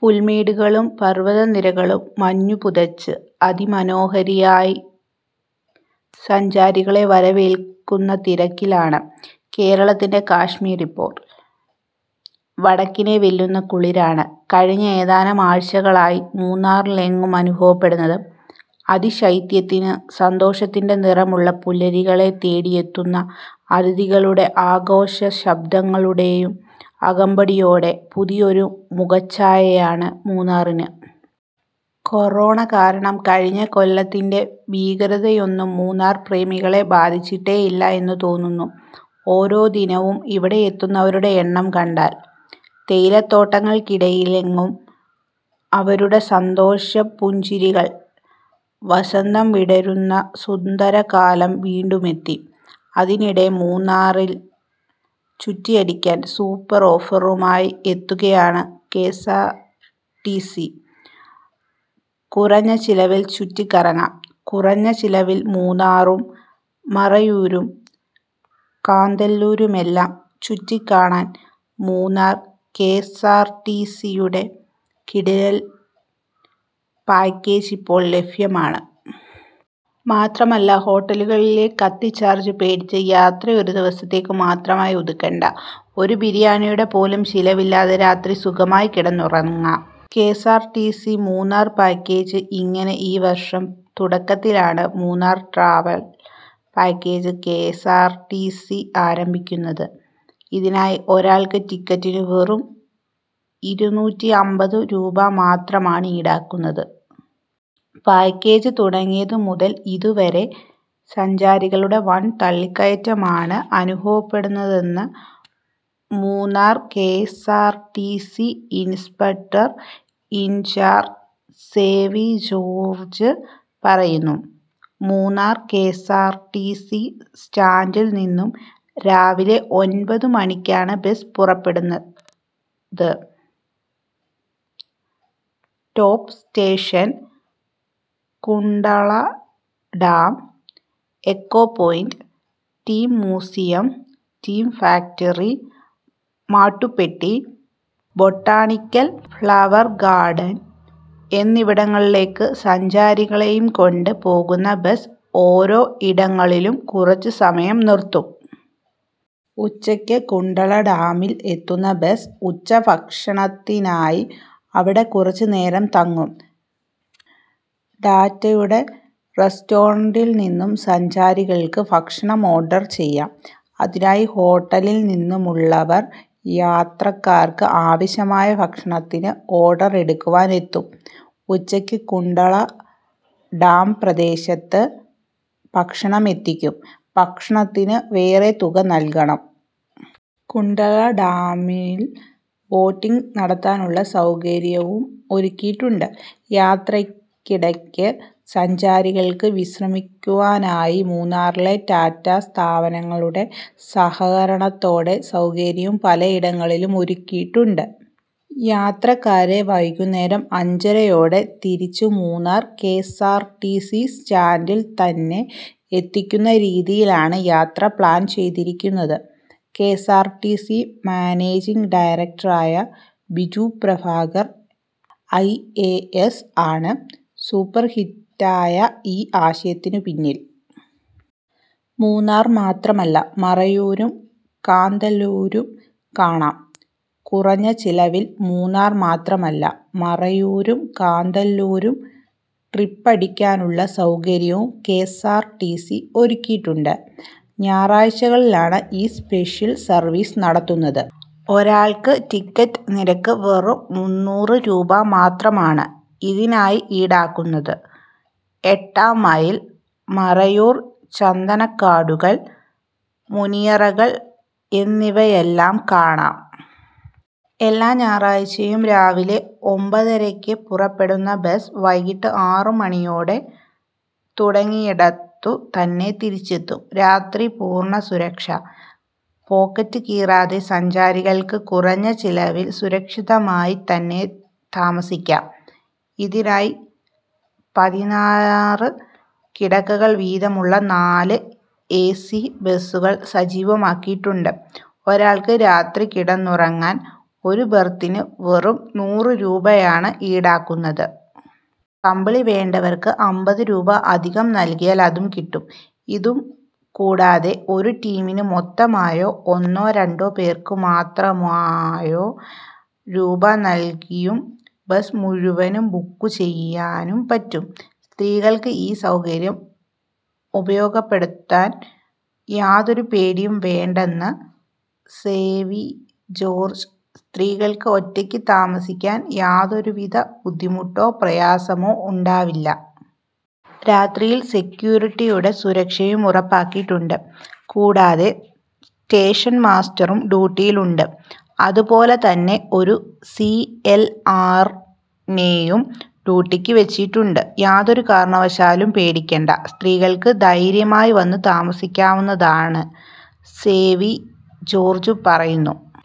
പുൽമേടുകളും പർവ്വത നിരകളും മഞ്ഞു പുതച്ച്, അതി മനോഹരിയായി സഞ്ചാരികളെ വരവേൽക്കുന്ന തിരക്കിലാണ് കേരളത്തിന്റെ കശ്മീർ ഇപ്പോൾ. വടക്കിനെ വെല്ലുന്ന കുളിരാണ് കഴിഞ്ഞ ഏതാനും ആഴ്ചകളായി മൂന്നാറിലെങ്ങും അനുഭവപ്പെടുന്നത്. അതിശൈത്യത്തിന്, സന്തോഷത്തിന്റെ നിറമുള്ള പുലരികളെ തേടിയെത്തുന്ന അതിഥികളുടെ ആഘോഷശബ്ദങ്ങളുടെയും അകമ്പടിയോടെ, പുതിയൊരു മുഖച്ഛായയാണ് മൂന്നാറിന്. കൊറോണ കാരണം കഴിഞ്ഞ കൊല്ലത്തിന്റെ ഭീകരതയൊന്നും മൂന്നാർ പ്രേമികളെ ബാധിച്ചിട്ടേയില്ല എന്ന് തോന്നുന്നു ഓരോ ദിനവും ഇവിടെയെത്തുന്നവരുടെ എണ്ണം കണ്ടാൽ. തേയിലത്തോട്ടങ്ങൾക്കിടയിലെങ്ങും അവരുടെ സന്തോഷപ്പുഞ്ചിരികൾ വസന്തം വിടർത്തുന്ന സുന്ദരകാലം വീണ്ടുമെത്തി. അതിനിടെ മൂന്നാറിൽ ചുറ്റിയടിക്കാൻ സൂപ്പർ ഓഫറുമായി എത്തുകയാണ് കേസാർ ടീസി. കുറഞ്ഞ ചെലവിൽ ചുറ്റി കറങ്ങാം കുറഞ്ഞ ചെലവിൽ മൂന്നാറും മറയൂരും കാന്തല്ലൂരുമെല്ലാം ചുറ്റിക്കാണാൻ മൂന്നാർ കേസാർ ടിസി യുടെ കിടിലൻ പാക്കേജ് ഇപ്പോൾ ലഭ്യമാണ്. മാത്രമല്ല, ഹോട്ടലുകളിലെ ' കത്തി ചാർജ് ' പേടിച്ച്, യാത്ര ഒരു ദിവസത്തേക്ക് മാത്രമായി ഒതുക്കേണ്ട, ഒരു ബിരിയാണിയുടെ പോലും ചെലവില്ലാതെ രാത്രി സുഖമായി കിടന്നുറങ്ങാം. കെഎസ്ആർടിസി മൂന്നാർ പാക്കേജ് ഇങ്ങനെ ഈ വർഷം തുടക്കത്തിലാണ് മൂന്നാർ ട്രാവൽ പാക്കേജ് കെഎസ്ആർടിസി ആരംഭിക്കുന്നത്. ഇതിനായി, ഒരാൾക്ക് ടിക്കറ്റിനു വെറും ഇരുനൂറ്റിഅമ്പത് രൂപ മാത്രമാണ് ഈടാക്കുന്നത്. പാക്കേജ് തുടങ്ങിയത് മുതൽ ഇതുവരെ, സഞ്ചാരികളുടെ വൻ തള്ളിക്കയറ്റമാണ് അനുഭവപ്പെടുന്നതെന്ന് Munnar KSRTC inspector in charge Sevi George പറയുന്നു. മൂന്നാർ കെഎസ്ആർടിസി സ്റ്റാൻഡിൽ നിന്നു രാവിലെ ഒൻപതു മണിക്കാണ് ബസ് പുറപ്പെടുന്നത്. Top station, Kundala dam, echo point, tea museum, tea factory, Mattupetty, botanical flower garden എന്നിവിടങ്ങളിലേക്ക് സഞ്ചാരികളെയും കൊണ്ട് പോകുന്ന ബസ് ഓരോ ഇടങ്ങളിലും കുറച്ചു സമയം നിർത്തും. ഉച്ചക്ക് കുണ്ടള ഡാമിൽ എത്തുന്ന ബസ്, ഉച്ചക്ഷഭണത്തിനായി അവിടെ കുറച്ചു നേരം തങ്ങും. ടാറ്റയുടെ റസ്റ്റോറന്റിൽ നിന്നും സഞ്ചാരികൾക്ക് ഭക്ഷണം ഓർഡർ ചെയ്യാം. അതിനായി ഹോട്ടലിൽ നിന്നുമുള്ളവർ യാത്രക്കാർക്ക് ആവശ്യമായ ഭക്ഷണത്തിന് ഓർഡർ എടുക്കുവാൻ എത്തും. ഉച്ചക്ക് കുണ്ടള ഡാം പ്രദേശത്ത് ഭക്ഷണം എത്തിക്കും. ഭക്ഷണത്തിന് വേറെ തുക നൽകണം. കുണ്ടള ഡാമിൽ ബോട്ടിങ്ങ് നടത്താനുള്ള സൗകര്യവും ഒരുക്കിയിട്ടുണ്ട്. യാത്രയ്ക്കിടക്ക് സഞ്ചാരികൾക്ക് വിശ്രമിക്കുവാനായി മൂന്നാറിലെ ടാറ്റ സ്ഥാപനങ്ങളുടെ സഹകരണത്തോടെ സൗകര്യവും പലയിടങ്ങളിലും ഒരുക്കിയിട്ടുണ്ട്. യാത്രക്കാരെ വൈകുന്നേരം അഞ്ചരയോടെ തിരിച്ചു മൂന്നാർ കെഎസ്ആർടിസി സ്റ്റാന്റിൽ തന്നെ എത്തിക്കുന്ന രീതിയിലാണ് യാത്ര പ്ലാൻ ചെയ്തിരിക്കുന്നത്.. കെഎസ്ആർടിസി മാനേജിംഗ് ഡയറക്ടറായ Biju Prabhakar I A S ആണ് സൂപ്പർഹിറ്റായ ഈ ആശയത്തിന് പിന്നിൽ. മൂന്നാർ മാത്രമല്ല, മറയൂരും കാന്തല്ലൂരും കാണാം കുറഞ്ഞ ചെലവിൽ മൂന്നാർ മാത്രമല്ല, മറയൂരും കാന്തല്ലൂരും ട്രിപ്പടിക്കാനുള്ള സൗകര്യവും കെഎസ്ആർടിസി ഒരുക്കിയിട്ടുണ്ട്. ഞായറാഴ്ചകളിലാണ് ഈ സ്പെഷ്ല് സർവീസ് നടത്തുന്നത്. ഒരാൾക്ക് ടിക്കറ്റ് നിരക്ക് വെറും മുന്നൂറ് രൂപ മാത്രമാണ് ഇതിനായി ഈടാക്കുന്നത്. എട്ടാം മൈൽ, മറയൂർ ചന്ദനക്കാടുകൾ, മുനിയറകൾ എന്നിവയെല്ലാം കാണാം. എല്ലാ ഞായറാഴ്ചയും രാവിലെ ഒമ്പതരയ്ക്ക് പുറപ്പെടുന്ന ബസ്, വൈകീട്ട് ആറു മണിയോടെ തുടങ്ങിയിടത്തു തന്നെ തിരിച്ചെത്തും. രാത്രി പൂർണ്ണ സുരക്ഷ, പോക്കറ്റ് കീറാതെ സഞ്ചാരികൾക്ക് കുറഞ്ഞ ചിലവിൽ സുരക്ഷിതമായി തന്നെ താമസിക്കാം. ഇതിനായി പതിനാറ് കിടക്കകൾ വീതമുള്ള നാല് ഏസി ബസുകൾ സജ്ജമാക്കിയിട്ടുണ്ട്. ഒരാൾക്ക് രാത്രി കിടന്നുറങ്ങാൻ, ഒരു ബെർത്തിന് വെറും നൂറ് രൂപയാണ് ഈടാക്കുന്നത്. കമ്പിളി വേണ്ടവർക്ക് അമ്പത് രൂപ അധികം നൽകിയാൽ അതും കിട്ടും. ഇതു, കൂടാതെ ഒരു ടീമിന് മൊത്തമായോ, ഒന്നോ രണ്ടോ പേർക്ക് മാത്രമായോ രൂപ നൽകിയും ബസ് മുഴുവനും ബുക്ക് ചെയ്യാനും പറ്റും. സ്ത്രീകൾക്ക് ഈ സൗകര്യം ഉപയോഗപ്പെടുത്താൻ യാതൊരു പേടിയും വേണ്ടെന്ന് സേവി ജോർജ്, " സ്ത്രീകൾക്ക് ഒറ്റയ്ക്ക് താമസിക്കാൻ യാതൊരുവിധ ബുദ്ധിമുട്ടോ പ്രയാസമോ ഉണ്ടാവില്ല. രാത്രിയിൽ സെക്യൂരിറ്റിയുടെ സുരക്ഷയും ഉറപ്പാക്കിയിട്ടുണ്ട്. കൂടാതെ സ്റ്റേഷൻ മാസ്റ്ററും ഡ്യൂട്ടിയിൽ ഉണ്ട്, അതുപോലെതന്നെ ഒരു സി എൽ ആർ നെയും ഡ്യൂട്ടിക്ക് വെച്ചിട്ടുണ്ട്. യാതൊരു കാരണവശാലും പേടിക്കണ്ട, സ്ത്രീകൾക്ക് ധൈര്യമായി വന്നു താമസിക്കാവുന്നതാണ് " സേവി ജോർജ് പറയുന്നു.